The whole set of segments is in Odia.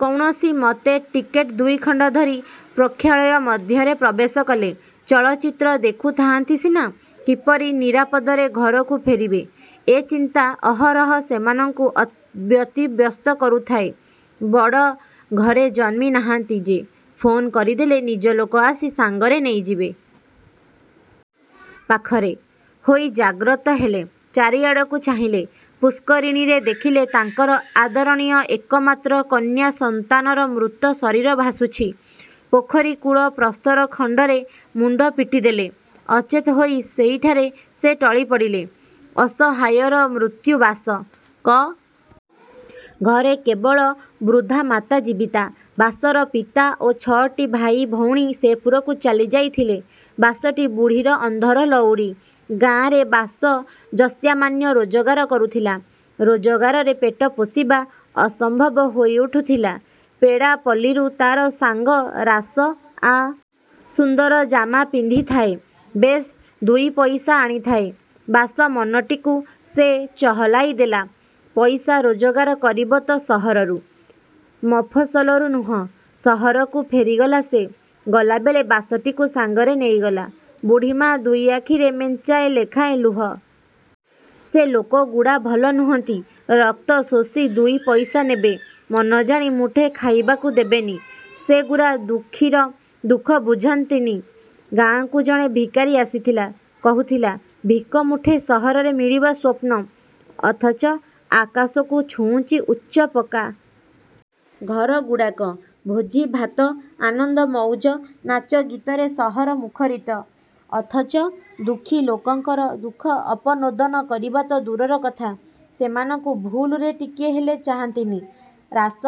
କୌଣସି ମତେ ଟିକେଟ ଦୁଇଖଣ୍ଡ ଧରି ପ୍ରୋକ୍ଷାଳୟ ମଧ୍ୟରେ ପ୍ରବେଶ କଲେ। ଚଳଚ୍ଚିତ୍ର ଦେଖୁଥାଆନ୍ତି ସିନା, କିପରି ନିରାପଦରେ ଘରକୁ ଫେରିବେ ଏହି ଚିନ୍ତା ଅହରହ ସେମାନଙ୍କୁ ବ୍ୟତିବ୍ୟସ୍ତ କରୁଥାଏ-। ବଡ଼ ଘରେ ଜନ୍ମି ନାହାନ୍ତି ଯେ, ଫୋନ୍ କରିଦେଲେ ନିଜ ଲୋକ ଆସି ସାଙ୍ଗରେ ନେଇଯିବେ-। ପାଖରେ। ହୋଇ ଜାଗ୍ରତ ହେଲେ-। ଚାରିଆଡ଼କୁ ଚାହିଁଲେ। ପୁଷ୍କରିଣୀରେ ଦେଖିଲେ ତାଙ୍କର ଆଦରଣୀୟା ଏକମାତ୍ର କନ୍ୟା ସନ୍ତାନର ମୃତ ଶରୀର ଭାସୁଚି। ପୋଖରୀ କୁଳ ପ୍ରସ୍ତର ଖଣ୍ଡରେ ମୁଣ୍ଡ ପିଟିଦେଲେ। ଅଚେତ ହୋଇ ସେଇଠାରେ ସେ ଟଳିପଡ଼ିଲେ। ଅସହାୟର ମୃତ୍ୟୁ ବାସ। କରିମ ଜିଲାର ଏକ ଅଖ୍ୟାତ ଗ୍ରାମର ବାସିନ୍ଦା। ଘରେ କେବଳ ବୃଦ୍ଧା ମାତା ଜୀବିତା। ବାସର ପିତା ଓ ଛଅଟି ଭାଇ ଭଉଣୀ ସେପୁରକୁ ଚାଲି ଯାଇଥିଲେ। ବାସଟି ବୁଢ଼ୀର ଅନ୍ଧର ଲଉଡ଼ି। ଗାଁରେ ବାସ ଯତ୍ସାମାନ୍ୟ ରୋଜଗାର କରୁଥିଲା। ରୋଜଗାରରେ ପେଟ ପୋଷିବା ଅସମ୍ଭବ ହେଇ ଉଠୁଥିଲା। ପେଡ଼ାପଲ୍ଲୀରୁ ତାର ସାଙ୍ଗ ରାସ ଆସିଥାଏ। ସୁନ୍ଦର ଜାମା ପିନ୍ଧିଥାଏ। ବେଶ୍ ଦୁଇ ପଇସା ଆଣିଥାଏ। ବାସ ମନଟିକୁ ସେ ଚହଲାଇ ଦେଲା। ପଇସା ରୋଜଗାର କରିବ ତ ସହରରୁ, ମଫସଲରୁ ନୁହ। ସହରକୁ ଫେରିଗଲା ସେ। ଗଲାବେଳେ ବାସଟିକୁ ସାଙ୍ଗରେ ନେଇଗଲା। ବୁଢ଼ୀମା ଦୁଇ ଆଖିରେ ମେଞ୍ଚାଏ ଲେଖାଏଁ ଲୁହ ପୂରାଇ କହିଥିଲା—ବାସ, ସହରକୁ ଯା ନାରେ। ସେ ଲୋକ ଗୁଡ଼ା ଭଲ ନୁହନ୍ତି। ରକ୍ତଶୋଷି ଦୁଇ ପଇସା ନେବେ। ମନ ଜାଣି ମୁଠେ ଖାଇବାକୁ ଦେବେନି। ସେ ଗୁରା ଦୁଃଖିର ଦୁଃଖ ବୁଝନ୍ତି ନି! ଗାଁକୁ ଜଣେ ଭିକାରୀ ଆସିଥିଲା। କହୁଥିଲା, ଭିକ ମୁଠେ ସହରରେ ମିଳିବା ସ୍ୱପ୍ନ, ଅଥଚ ଆକାଶକୁ ଛୁଉଁଚି ଉଚ୍ଚ ପକ୍କା। ଘରଗୁଡ଼ାକ। ଭୋଜି ଭାତ, ଆନନ୍ଦ ମଉଜ, ନାଚ ଗୀତରେ ସହର ମୁଖରିତ; ଅଥଚ ଦୁଃଖୀ ଲୋକଙ୍କର ଦୁଃଖ ଅପନୋଦନ କରିବା ତ ଦୂରର କଥା, ସେମାନଙ୍କୁ ଭୁଲରେ ଟିକିଏ ହେଲେ ଚାହାନ୍ତିନି। ରାସ,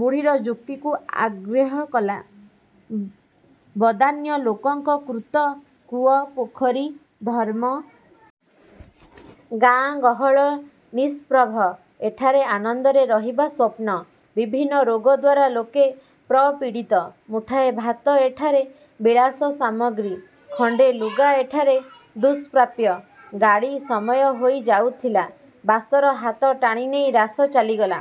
ବୁଢ଼ୀର ଯୁକ୍ତିକୁ ଅଗ୍ରାହ୍ୟ କଲା। ବଦାନ୍ୟ ଲୋକଙ୍କ କୃତ କୂଅ, ପୋଖରୀ, ଧର୍ମଶାଳା ଆଦିର ନମୁନା ଦେଇ, କହିଲା ଯେ ସହରର ଲୋକେ ଲକ୍ଷ୍ମୀ ଓ ସରସ୍ୱତୀଙ୍କ ବରପୁତ୍ର। ଗାଁ ଗହଳ ନିଷ୍ପ୍ରଭ, ଏଠାରେ ଆନନ୍ଦରେ ରହିବା ସ୍ୱପ୍ନ। ବିଭିନ୍ନ ରୋଗ ଦ୍ୱାରା ଲୋକେ ପ୍ରପୀଡ଼ିତ। ମୁଠାଏ ଭାତ ଏଠାରେ ବିଳାସ ସାମଗ୍ରୀ, ଖଣ୍ତେ ଲୁଗା ଏଠାରେ ଦୁଷ୍ପ୍ରାପ୍ୟ। ଗାଡ଼ି ସମୟ ହୋଇ ଯାଉଥିଲା। ବାସର ହାତ ଟାଣିନେଇ ରାସ ଚାଲିଗଲା।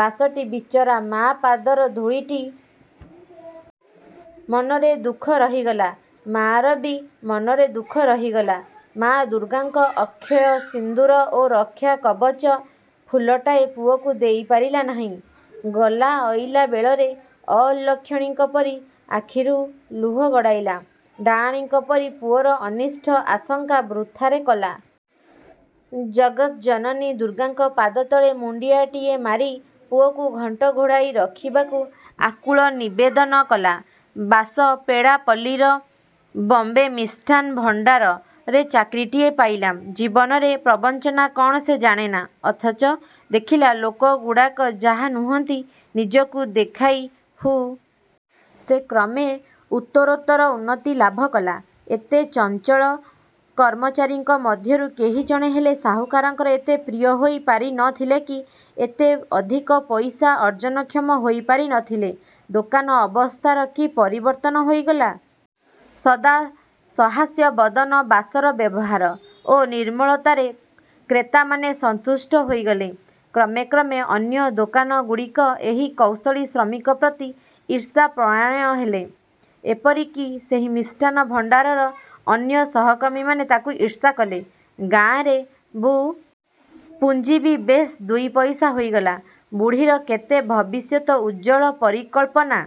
ବାସଟି ବିଚରା ମା ପାଦର ଧୂଳି ଟିକିଏ ମୁଣ୍ତରେ ମାରି ପାରିଲା ନାହିଁ। ମନରେ ଦୁଃଖ ରହିଗଲା। ମା'ର ବି ମନରେ ଦୁଃଖ ରହିଗଲା। ମା ଦୁର୍ଗାଙ୍କ ଅକ୍ଷୟ ସିନ୍ଦୂର ଓ ରକ୍ଷା କବଚ ଫୁଲଟାଏ ପୁଅକୁ ଦେଇ ପାରିଲା ନାହିଁ। ଗଲା ଅଇଲା ବେଳରେ ଅଲକ୍ଷଣୀଙ୍କ ପରି ଆଖିରୁ ଲୁହ ଗଡ଼ାଇଲା। ଡାଆଣୀଙ୍କ ପରି ପୁଅର ଅନିଷ୍ଟ ଆଶଙ୍କା ବୃଥାରେ କଲା। ଜଗତ୍ଜନନୀ ଦୁର୍ଗାଙ୍କ ପାଦତଳେ ମୁଣ୍ତିଆଟିଏ ମାରି ପୁଅକୁ ଘଣ୍ଟ ଘୋଡ଼ାଇ ରଖିବାକୁ ଆକୁଳ ନିବେଦନ କଲା। ବାସ ପେଡ଼ାପଲ୍ଲୀର 'ବମ୍ବେ ମିଷ୍ଟାନ ଭଣ୍ତାର'ରେ ଚାକିରୀଟିଏ ପାଇଲା। ଜୀବନରେ ପ୍ରବଞ୍ଚନା କ'ଣ ସେ ଜାଣେନା। ଅଥଚ ଦେଖିଲା ଲୋକଗୁଡ଼ାକ ଯାହା ନୁହନ୍ତି, ନିଜକୁ ଦେଖାଇ ହୁଅନ୍ତି ସେହିପରି। ସେ କ୍ରମେ ଉତ୍ତରୋତ୍ତର ଉନ୍ନତି ଲାଭ କଲା। ଏତେ ଚଞ୍ଚଳ କର୍ମଚାରୀଙ୍କ ମଧ୍ୟରୁ କେହି ଜଣେ ହେଲେ ସାହୁକାରଙ୍କର ଏତେ ପ୍ରିୟ ହୋଇ ପାରି ନ ଥିଲେ କି ଏତେ ଅଧିକ ପଇସା ଅର୍ଜନକ୍ଷମ ହୋଇ ପାରି ନ ଥିଲେ। ଦୋକାନ ଅବସ୍ଥାର ବି ପରିବର୍ତ୍ତନ ହୋଇଗଲା। ସଦା ସହାସ୍ୟବଦନ ବାସର ବ୍ୟବହାର ଓ ନିର୍ମଳତାରେ କ୍ରେତାମାନେ ସନ୍ତୁଷ୍ଟ ହୋଇଗଲେ। କ୍ରମେ କ୍ରମେ ଅନ୍ୟ ଦୋକାନଗୁଡ଼ିକ ଏହି କୌଶଳୀ ଶ୍ରମିକ ପ୍ରତି ଈର୍ଷାପରାୟଣ ହେଲେ। ଏପରି କି ସେହି ମିଷ୍ଟାନ ଭଣ୍ତାରର ଅନ୍ୟ ସହକର୍ମୀମାନେ ତାକୁ ଈର୍ଷା କଲେ। ଗାଁରେ ବୁଢ଼ୀ ନିୟମିତ ଟଙ୍କା ପାଇ କିଛି ସଞ୍ଚୟ କଲେ। ପୁଞ୍ଜି ବି ବେଶ୍ ଦୁଇ ପଇସା ହୋଇଗଲା। ବୁଢ଼ୀର କେତେ ଭବିଷ୍ୟତ ଉଜ୍ଜ୍ୱଳ ପରିକଳ୍ପନା।